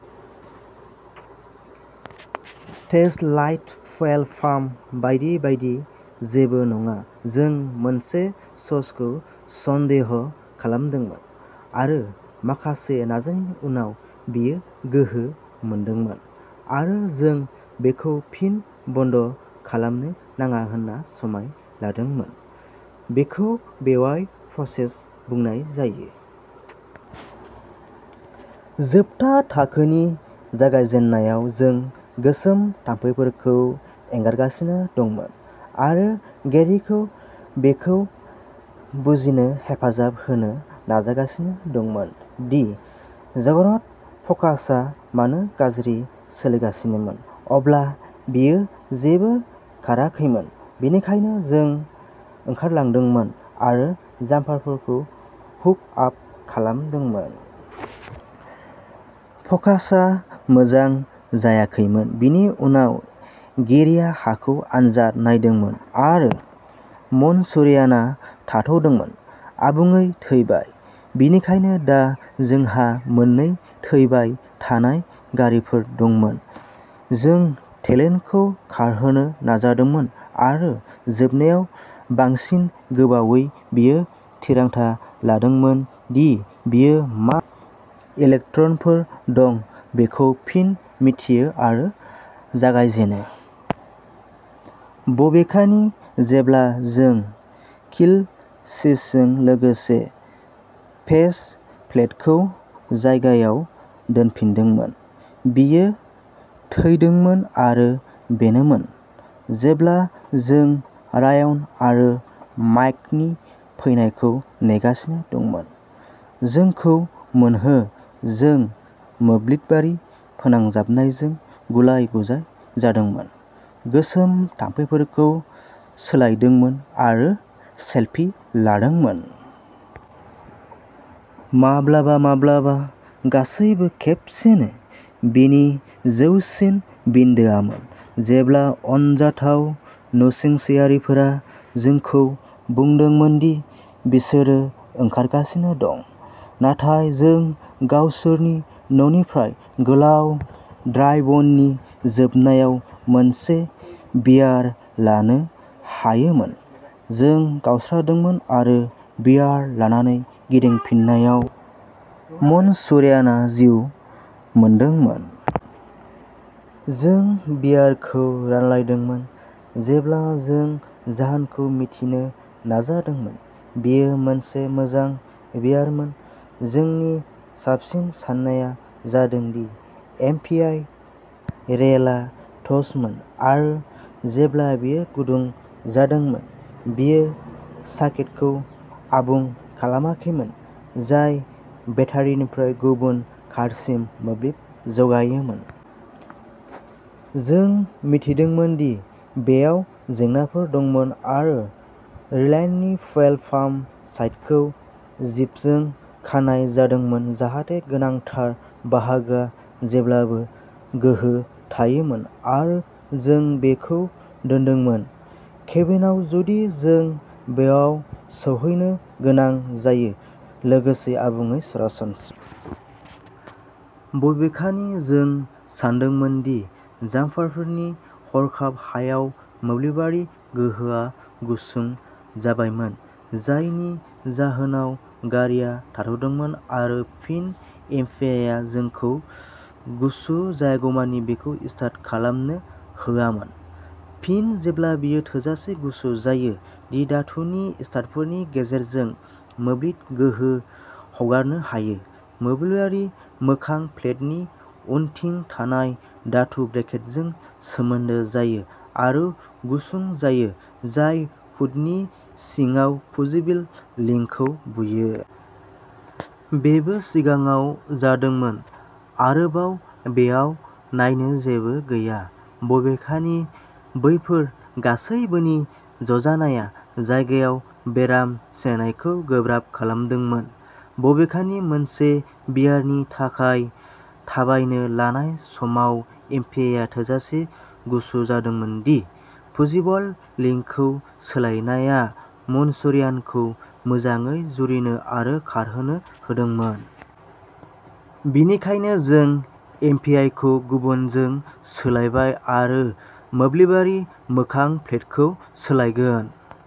Dash light, fuel pump बायदि बायदि जेबो नङा। जों मोनसे शर्टखौ सन्देह खालामदोंमोन आरो माखासे नाजानायनि उनाव बेयो गोहो मोनदोंमोन आरो जों बेखौ फिन बन्द खालामनो नाङा होनना समाय लादोंमोन। बेखौ बेयाव फोरशेड'इं बुंनाय जायो। जोबथा थाखोनि जागायजेन्नायाव जों गोसोम थाम्फैफोरखौ एंगारगासिनो दंमोन आरो गेरिखौ बेखौ बुजिनो हेफाजाब होनो नाजागासिनो दंमोन दि जागरनट फ'कासआ मानो गाज्रि सोलिगासिनोमोन। अब्ला बेयो जेबो खाराखैमोन, बेनिखायनो जों ओंखारलांदोंमोन आरो जाम्पारफोरखौ हुक आप खालामदोंमोन। फ'कासआ मोजां जायाखैमोन। बेनि उनाव गेरिआ हाखौ आनजाद नायदोंमोन आरो मानचुरियानआ थाद'दोंमोन। आबुङै थैबाय। बेनिखायनो दा जोंहा मोननै थैबाय थानाय गारिफोर दंमोन। जों टेलनखौ खारहोनो नाजादोंमोन आरो जोबनायाव, बांसिन गोबावै, बियो थिरांथा लादोंमोन दि बेयो मा इलेक्ट्रनफोर दं बेखौ फिन मिथियो आरो जागायजेनो। बबेखानि, जेब्ला जों किल स्विचजों लोगोसे फेस प्लेटखौ जायगायाव दोनफिनदोंमोन, बेयो थैदोंमोन आरो बेनोमोन। जेब्ला जों रायन आरो माइकनि फैनायखौ नेगासिनो दंमोन। जोंखौ मोनहो, जों मोब्लिबारि फोनांजाबनायजों गुलाय-गुजाय जादोंमोन, गोसोम थाम्फैफोरखौ सोलायदोंमोन आरो सेलफि लादोंमोन। माब्लाबा माब्लाबा गासैबो खेबसेनो। बेनि जौसिन बिन्दोआमोन जेब्ला अनजाथाव नसुंसेयारिफोरा जोंखौ बुंदोंमोन दि बिसोरो ओंखारगासिनो दं, नाथाय जों गावसोरनि न'निफ्राय गोलाव ड्राइभवेनि जोबनायाव मोनसे बियार लानो हायोमोन। जों गावस्रादोंमोन आरो बियार लानानै गिदिंबोफिननायाव मानचुरियानआ जिउ मोनदोंमोन। जों बियारखौ रानलायदोंमोन जेब्ला जों जाहोनखौ मिथिनो नाजादोंमोन। बेयो मोनसे मोजां बियारमोन। जोंनि साबसिन सान्नाया जादों दि एमपिआइ रिलेआ टस्टमोन आरो जेब्ला बेयो गुदुं जादोंमोन, बेयो सार्किटखौ आबुं खालामाखैमोन जाय बेटारिनिफ्राय गुबुन कारसिम मोब्लिब जगायोमोन। जों मिथिदोंमोन दि बेयाव जेंनाफोर दंमोन आरो रिलाइनि फुयेल पाम्प साइडखौ जिपजों खानाय जादोंमोन जाहाथे गोनांथार बाहागोआ जेब्लाबो गोहो थायोमोन आरो जों बेखौ दोनदोंमोन। केबिनआव जुदि जों बेयाव सौहैनो गोनां जायो। लोगोसे आबुङै सरासनस्रा। बबेखानि जों सानदोंमोन दि जाम्पारफोरनि हरखाब हायाव मोब्लिबारि गोहोआ गुसुं जाबायमोन जायनि जाहोनाव गारिआ थाद'दोंमोन आरो फिन एमपिआइआ जोंखौ गुसु जायागौमानि बेखौ स्टार्ट खालामनो होआमोन। फिन जेब्ला बेयो थोजासे गुसु जायो दि धातुनि स्टाडफोरनि गेजेरजों मोब्लिब गोहो हगारनो हायो, मोब्लिबारि मोखां प्लेटनि उनथिं थानाय धातु ब्रेकेटजों सोमोन्दो जायो आरो गुसुं जायो, जाय हुडनि सिङाव फ्युजिबल लिंकखौ बुयो। बेबो सिगाङाव जादोंमोन। आरोबाव, बेयाव नायनो जेबो गैया। बबेखानि, बैफोर गासैबोनि ज' जानाया जायगायाव बेराम सिनायनायखौ गोब्राब खालामदोंमोन। बबेखानि, मोनसे बियारनि थाखाय थाबायनो लानाय समाव एमपिआइआ थोजासे गुसु जादोंमोन दि फ्युजिबल लिंकखौ सोलायनाया मानचुरियानखौ मोजाङै जुरिनो आरो खारनो होदोंमोन। बेनिखायनो, जों एमपिआइखौ गुबुनजों सोलायबाय आरो मोब्लिबारि मोखां प्लेटखौ सोलायगोन।